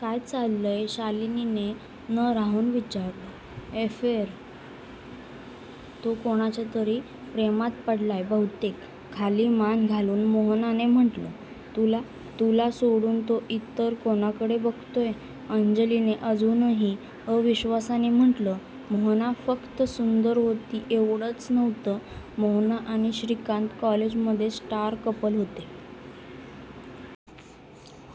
"काय चाललंय? " शालिनीने न राहवून विचारलं, "अफेअर, तो कोणाच्या तरी प्रेमात पडलाय बहुतेक" खाली मान घालून मोहनाने म्हटलं. "तुलातुला सोडून तो इतर कोणाकडे बघतोय? " अंजलीने अजूनही अविश्वासाने म्हटलं. मोहना फक्त सुंदर होती एवढंच नव्हतं, मोहना आणि श्रीकांत कॉलेजमधले स्टार कपल होते.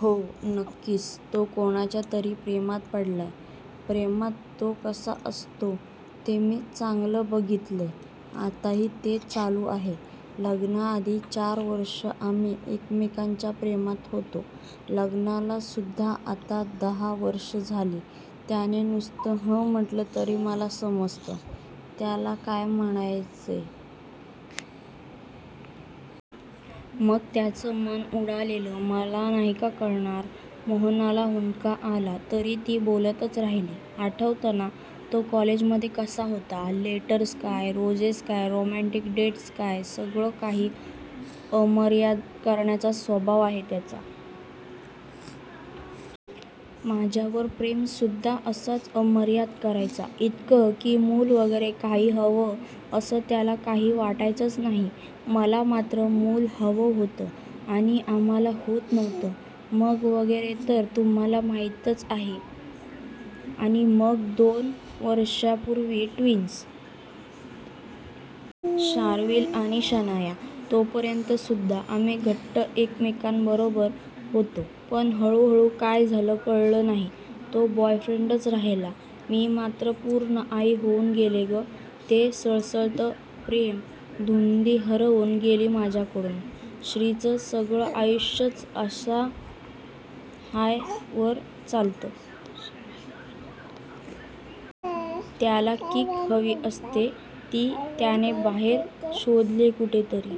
"हो नक्कीच तो कोणाच्यातरी प्रेमात पडलाय. प्रेमात तो कसा असतो ते मी चांगलं बघितलंय. आताही तेच चालू आहे. लग्नाआधी चार वर्ष आम्ही एकमेकांच्या प्रेमात होतो. लग्नालासुद्धा आता दहा वर्ष झाली. त्याने नुसतं हं म्हटलं तरी मला समजतं त्याला काय म्हणायचंय. मग त्याचं मन उडालेलं मला नाही का कळणार! " मोहनाला हुंदका आला तरी ती बोलतच राहिली. "आठवतं ना, तो कॉलेजमधे कसा होता, लेटर्स काय, रोझेस काय, रोमँटिक डेट्स कायसगळं काही अमर्याद करण्याचा स्वभाव आहे त्याचा. माझ्यावर प्रेमसुद्धा असाच अमर्याद करायचा. इतकं की मूल वगैरे काही हवं असं त्याला काही वाटायचच नाही. मला मात्र मूल हवं होतं आणि आम्हाला होत नव्हतं. मग वगैरे तर तुम्हाला माहीतच आहे. आणि मग दोन वर्षांपूर्वी ट्विन्स! शार्विल आणि शनाया, तोपर्यंतसुद्धा आम्ही घट्ट एकमेकांबरोबर होतो. पण हळू हळू काय झालं कळलं नाही. तो बॉयफ्रेंडच राहिला मी मात्र पूर्ण 'आई' होऊन गेले गं. ते सळसळतं प्रेम, धुंदी हरवून गेली माझ्याकडून. श्रीचं सगळं आयुष्यच अशा हाय वर चालतं. त्याला किक हवी असते. ती त्याने बाहेर शोधलीये कुठेतरी.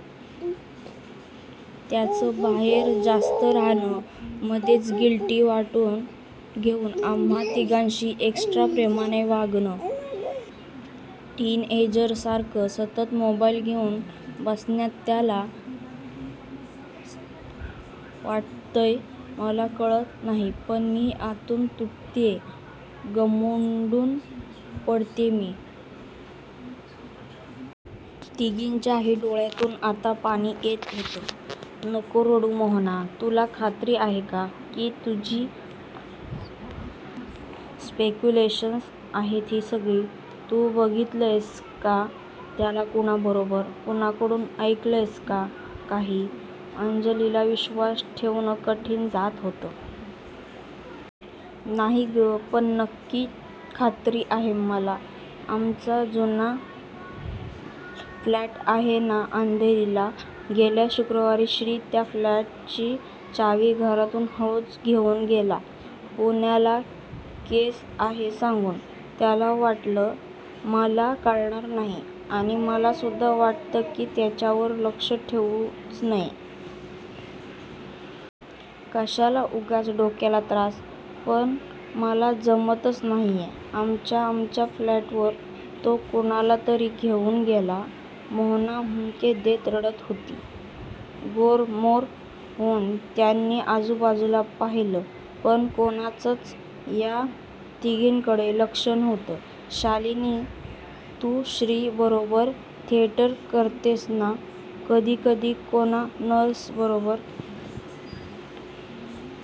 त्याचं बाहेर जास्त राहणं, मधेच गिल्टी वाटून घेऊन आम्हा तिघांशी एक्सट्रा प्रेमाने वागणं, टीनएजर सारखं सतत मोबाईल घेऊन बसणंत्याला वाटतंय मला कळत नाहीये पण मी आतून तुटतेय गंमोडून पडतेय मी. " तिघींच्याही डोळ्यातून आता पाणी येत होतं. "नको रडू मोहना. तुला खात्री आहे का? की तुझी स्पेक्युलेशन्स आहेत ही सगळी? तू बघितलंयस का त्याला कोणाबरोबर? कोणाकडून ऐकलंयस का काही? " अंजलीला विश्वास ठेवणं कठीण जात होतं. "नाही ग. पण पक्की खात्री आहे मला. आमचा जुना फ्लॅट आहे ना अंधेरीला. गेल्या शुक्रवारी श्री त्या फ्लॅटची चावी घरातून हळूच घेऊन गेला, पुण्याला केस आहे सांगून! त्याला वाटलं मला कळणार नाही आणि मलासुद्धा वाटतं की त्याच्यावर लक्ष ठेऊच नये. कशाला उगाच डोक्याला त्रास. पण मला जमतच नाहीये! आमच्याआमच्या फ्लॅटवर तो कोणाला तरी घेऊन गेला! " मोहना हुंदके देत रडत होती. गोरंमोरं होऊन त्यांनी आजूबाजूला पाहिलं पण कोणाचंच या तिघींकडे लक्ष नव्हतं. "शालिनी तू श्री बरोबर थिएटर करतेस ना कधीकधीकोणा नर्स बरोबर